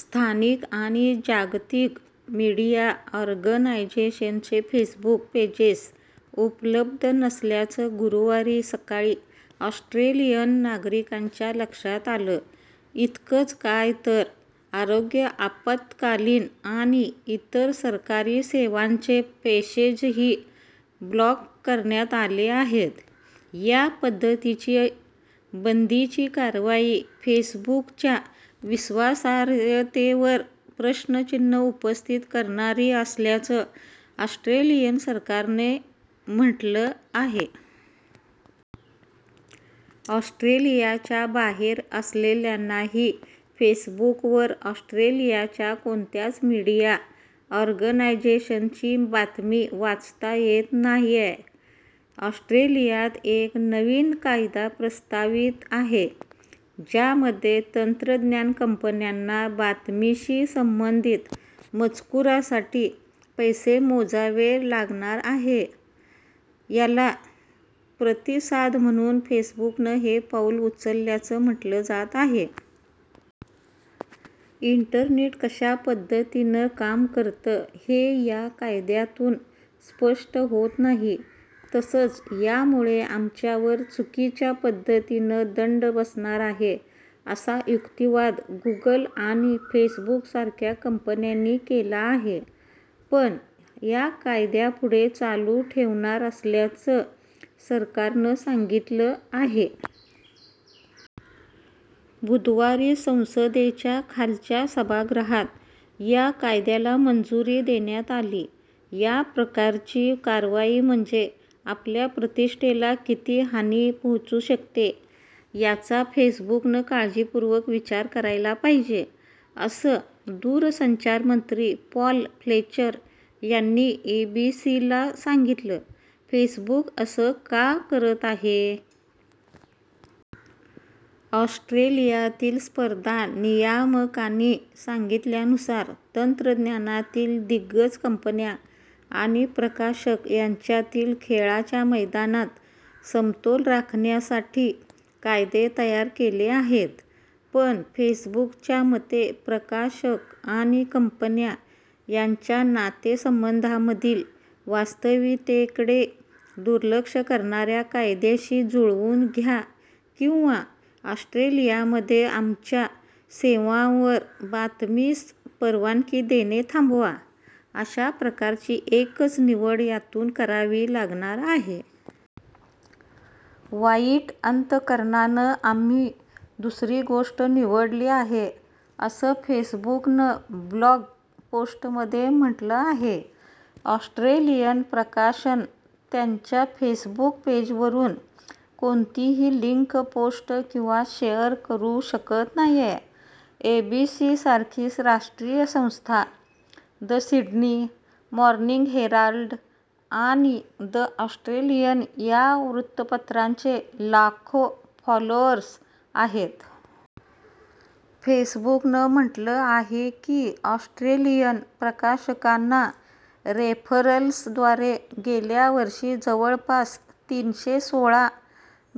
स्थानिक आणि जागतिक मीडिया ऑर्गनायजेशन्सचे फेसबुक पेजेस उपलब्ध नसल्याचं गुरुवारच्या सकाळी ऑस्ट्रेलियन नागरिकांच्या लक्षात आलं. इतकंच काय तर आरोग्य आपात्कालीन आणि इतर सरकारी सेवांचे पेजेसही ब्लॉक करण्यात आले आहेत. या पद्धतीची बंदीची कारवाई फेसबुकच्या विश्वासार्हतेवर प्रश्नचिन्ह उपस्थित करणारी असल्याचं ऑस्ट्रेलियन सरकारनं म्हटलं आहे. ऑस्ट्रेलियाच्या बाहेर असलेल्यांनाही फेसबुकवर ऑस्ट्रेलियाच्या कोणत्याच मीडिया ऑर्गनायजेशन्सची बातमी वाचता येत नाहीये. ऑस्ट्रेलियात एक नवीन कायदा प्रस्तावित आहे. ज्यामध्ये तंत्रज्ञान कंपन्यांना बातमीशी संबंधित मजकुरासाठी पैसे मोजावे लागणार आहे. याला प्रतिसाद म्हणून फेसबुकनं हे पाऊल उचलल्याचं म्हटलं जात आहे. इंटरनेट कशा पद्धतीनं काम करतं हे या कायद्यातून स्पष्ट होत नाही. तसंच यामुळे आमच्यावर चुकीच्या पद्धतीनं दंड बसणार आहे असा युक्तिवाद गुगल आणि फेसबुकसारख्या कंपन्यांनी केला आहे. पण या कायदा पुढे चालू ठेवणार असल्याचं सरकारनं सांगितलं आहे. बुधवारी संसदेच्या खालच्या सभागृहात या कायद्याला मंजुरी देण्यात आली. याप्रकारची कारवाई म्हणजे आपल्या प्रतिष्ठेला किती हानी पोहोचू शकते, याचा फेसबुकनं काळजीपूर्वक विचार करायला पाहिजे असं दूरसंचार मंत्री पॉल फ्लेचर यांनी एबीसीला सांगितलं. फेसबुक असं का करत आहे? ऑस्ट्रेलियातील स्पर्धा नियामकांनी सांगितल्यानुसार, तंत्रज्ञानातील दिग्गज कंपन्या आणि प्रकाशक यांच्यातील खेळाच्या मैदानात समतोल राखण्यासाठी कायदे तयार केले आहेत. पण फेसबुकच्या मते प्रकाशक आणि कंपन्या यांच्या नातेसंबंधांमधील वास्तविकतेकडे दुर्लक्ष करणाऱ्या कायद्याशी जुळवून घ्या किंवा ऑस्ट्रेलियामध्ये आमच्या सेवांवर बातमीस परवानगी देणे थांबवा, अशाप्रकारची एकच निवड यातून करावी लागणार आहे. वाईट अंतकरणानं आम्ही दुसरी गोष्ट निवडली आहे, असं फेसबुकनं ब्लॉग पोस्टमध्ये म्हटलं आहे. ऑस्ट्रेलियन प्रकाशनं त्यांच्या फेसबुक पेजवरून कोणतीही लिंक पोस्ट किंवा शेयर करू शकत नाहीये. एबीसी सारखी राष्ट्रीय संस्था, द सिडनी, मॉर्निंग हेराल्ड आणि द ऑस्ट्रेलियन या वृत्तपत्रांचे लाखो फॉलोअर्स आहेत. फेसबुकनं म्हटलं आहे की ऑस्ट्रेलियन प्रकाशकांना रेफरल्सद्वारे गेल्या वर्षी जवळपास तीनशे सोळा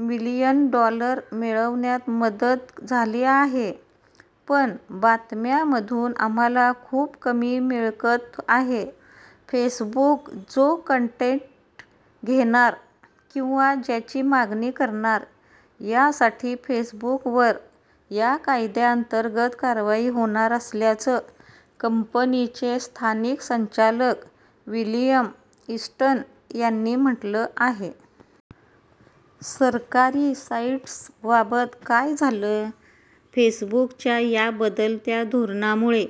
मिलियन डॉलर मिळवण्यास मदत झाली आहे। पण, बातम्यांमधून आम्हाला खूप कमी मिळकत आहे. फेसबुक जो कंटेट घेणार किंवा ज्याची मागणी करणार, यासाठी फेसबुकवर या कायद्यांतर्गत कारवाई होणार असल्याचं कंपनीचे स्थानिक संचालक विलियम ईस्टन यांनी म्हटलं आहे. सरकारी साईट्सबाबत काय झालं? फेसबुकच्या या बदलत्या धोरणांमुळे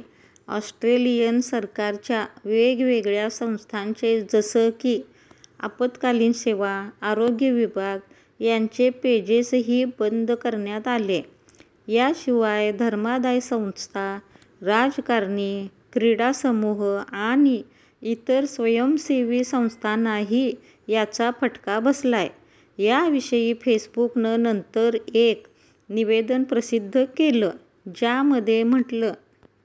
ऑस्ट्रेलियन सरकारच्या वेगवेगळ्या संस्थांचे जसं की आपत्कालीन सेवा, आरोग्य विभाग यांचे पेजेसही बंद करण्यात आले. याशिवाय धर्मादाय संस्था, राजकारणी, क्रीडा समूह आणि इतर स्वयंसेवी संस्थांनाही याचा फटका बसलाय. याविषयी फेसबुकनं नंतर एक निवेदन प्रसिद्ध केलं. ज्यामध्ये म्हटलं